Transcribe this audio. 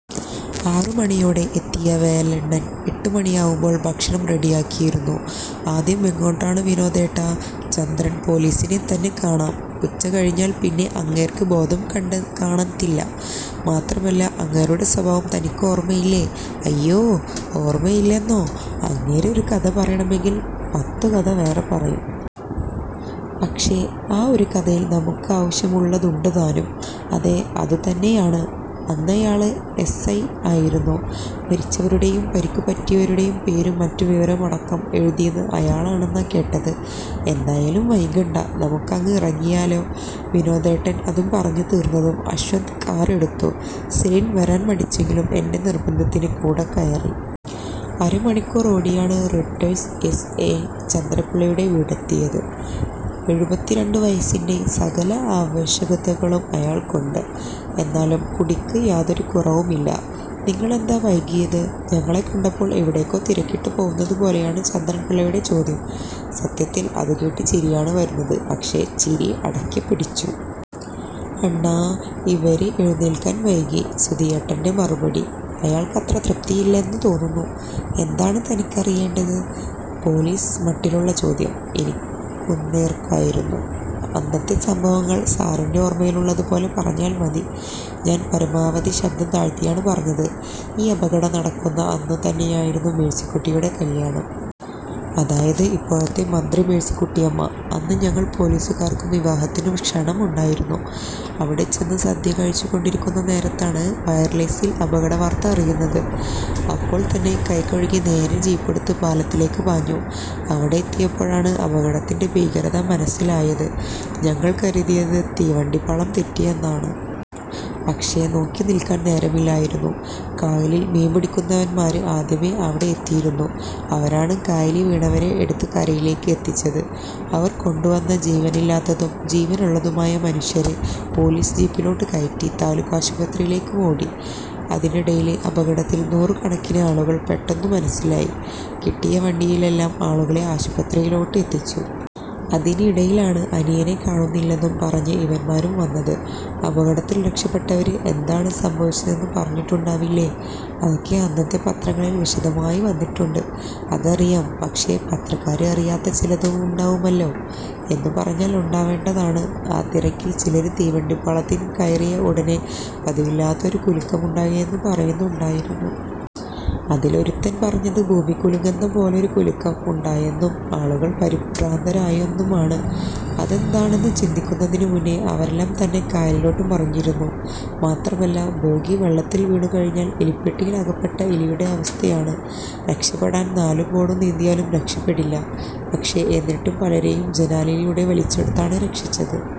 ആറുമണിയോടെ എത്തിയ വേലണ്ണൻ എട്ടുമണിയാവുമ്പോൾ ഭക്ഷണം റെഡിയാക്കിയിരുന്നു. "ആദ്യം എങ്ങോട്ടാണ് വിനോദേട്ടാ? " "ചന്ദ്രൻ പൊലീസിനെ തന്നെ കാണാം. ഉച്ച കഴിഞ്ഞാല് പിന്നെ അങ്ങേർക്ക് ബോധം കണ്ടാ കാണത്തില്ല. മാത്രമല്ല, അങ്ങേരുടെ സ്വഭാവം തനിക്ക് ഓർമയില്ലേ? " "അയ്യോ. ഓർമയില്ലെന്നോ? അങ്ങേര് ഒരു കഥ പറയണമെങ്കിൽ പത്തുകഥ വേറെ പറയും. പക്ഷേ, ആ ഒരു കഥയിൽ നമുക്ക് ആവശ്യമുള്ളതുണ്ടുതാനും" "അതേ, അതുതന്നെയാണ്. അന്നയാള് എസ്. ഐ ആയിരുന്നു. മരിച്ചവരുടെയും പരിക്കുപറ്റിയവരുടെയും പേരും മറ്റു വിവരങ്ങളുമടക്കം എഴുതീത് അയാളെന്നാ കേട്ടത്. എന്തായാലും വൈകണ്ട. നമുക്കങ്ങ് ഇറങ്ങിയാലോ? " വിനോദേട്ടൻ അതു പറഞ്ഞു തീർന്നതും അശ്വന്ത് കാർ എടുത്തു. സെലിൻ വരാൻ മടിച്ചെങ്കിലും എന്റെ നിർബന്ധത്തിന് കൂടെക്കയറി. അരമണിക്കൂർ ഓടിയാണ് റിട്ടേർഡ് എസ്. ഐ ചന്ദ്രൻപിള്ളയുടെ വീടെത്തിയത്. എഴുപത്തിരണ്ടു വയസിൻ്റെ സകല അവശതകളും അയാൾക്കുണ്ട്. എന്നാലും കുടിക്ക് യാതൊരു കുറവുമില്ല. "നിങ്ങളെന്താ വൈകിയത്? " ഞങ്ങളെ കണ്ടപ്പോൾ എവിടേക്കോ തിരക്കിട്ട് പോവുന്നതു പോലയാണ് ചന്ദ്രൻ പിള്ളയുടെ ചോദ്യം. സത്യത്തിൽ അതുകേട്ട് ചിരിയാണ് വരുന്നത്. പക്ഷേ, ചിരി അടക്കിപ്പിടിച്ചു. "അണ്ണാ ഇവര് എഴുന്നേൽക്കാൻ വൈകി". സുധിയേട്ടന്റെ മറുപടി അയാൾക്കത്ര തൃപ്തിയായില്ലെന്നു തോന്നുന്നു. "എന്താണ് തനിക്കറിയേണ്ടത്? " പേൊലീസ് മട്ടിലുള്ള ചോദ്യം എനിക്കുനേർക്കായിരുന്നു. "അന്നത്തെ സംഭവങ്ങൾ സാറിന്റെ ഓർമയിലുള്ളതു പോലെ പറഞ്ഞാല് മതി". ഞാൻ പരമാവധി ശബ്ദം താഴ്ത്തിയാണ് പറഞ്ഞത്. "ഈ അപകടം നടക്കുന്ന അന്നു തന്നെയായിരുന്നു മേഴ്സിക്കുട്ടിയുടെ കല്യാണം. അതായത് ഇപ്പോഴത്തെ മന്ത്രി മേഴ്സിക്കുട്ടിയമ്മ. അന്ന് ഞങ്ങൾ പൊലീസുകാർക്കും വിവാഹത്തിനു ക്ഷണം ഉണ്ടായിരുന്നു. അവിടെ ചെന്ന് സദ്യ കഴിച്ചു കൊണ്ടിരിക്കുന്ന നേരത്താണ് വയർലെസിൽ അപകടവാർത്ത അറിയുന്നത്. അപ്പോൾ തന്നെ കൈകഴുകി നേരെ ജീപ്പെടുത്ത് പാലത്തിലേക്ക് പാഞ്ഞു. അവിടെ എത്തിയപ്പോഴാണ് അപകടത്തിന്റെ ഭീകരത മനസിലായത്. ഞങ്ങൾ കരുതിയത് തീവണ്ടി പാളം തെറ്റിയെന്നാണ്. പക്ഷേ, നോക്കി നിൽക്കാൻ നേരമില്ലായിരുന്നു. കായലിൽ മീൻപിടിക്കുന്നവന്മാര് ആദ്യമേ അവിടെ എത്തിയിരുന്നു. അവരാണ് കായലീ വീണവരെ എടുത്ത് കരയിലേക്ക് എത്തിച്ചത്. അവർ കൊണ്ടുവന്ന ജീവനില്ലാത്തത്തും ജീവനുള്ളതുമായ മനുഷ്യരെ പൊലീസ് ജീപ്പിലോട്ട് കയറ്റി താലൂക്കാശുപത്രീയിലേക്ക് ഓടി. അതിനെടേല് അപകടത്തിൽ നൂറുകണക്കിന് ആളുകള് പെട്ടെന്നു മനസിലായി. കിട്ടിയ വണ്ടിയിലെല്ലാം ആളുകളെ ആശുപത്രീലോട്ട് എത്തിച്ചു. അതിനിടയിലാണ് അനിയനെ കാണുന്നില്ലെന്നും പറഞ്ഞ് ഇവന്മാരും വന്നത്" "അപകടത്തിൽ രക്ഷപ്പെട്ടവര് എന്താണ് സംഭവിച്ചതെന്നു പറഞ്ഞിട്ടുണ്ടാവില്ലേ? " "അതൊക്കെ അന്നത്തെ പത്രങ്ങളിൽ വിശദമായി വന്നിട്ടുണ്ട്. " "അതറിയാം. പക്ഷേ, പത്രക്കാര് അറിയാത്ത ചിലതുണ്ടാവുമല്ലോ? " "എന്നു പറഞ്ഞാല് ഉണ്ടാവേണ്ടതാണ്. ആ തിരക്കിൽ ചിലര് തീവണ്ടി പാളത്തിൽ കയറിയ ഒടനെ പതിവില്ലാത്തൊരു കുലുക്കമുണ്ടായെന്നു പറയുന്നുണ്ടായയിരുന്നു. അതിലൊരുത്തൻ പറഞ്ഞത് ഭൂമി കുലുങ്ങന്ന പോലൊരു കുലുക്കം ഉണ്ടായെന്നും ആളുകൾ പരിഭ്രാന്തരായെന്നുമാണ്. അതെന്താണെന്നു ചിന്തിക്കുന്നതിനു മുന്നേ അവരെല്ലാം തന്നെ കായലിലോട്ട് മറിഞ്ഞിരുന്നു. മാത്രമല്ല, ബോഗി വെള്ളത്തിൽ വീണുകഴിഞ്ഞാല്, എലിപ്പെട്ടിയിൽ അകപ്പെട്ട എലിയുടെ അവസ്ഥയാണ്. രക്ഷപ്പെടാൻ നാലുപോടും നീന്തിയാലും രക്ഷപ്പെടില്ല. പക്ഷേ, എന്നിട്ടും പലരെയും ജനാലയിലൂടെ വലിച്ചെടുത്താണ് രക്ഷിച്ചത്.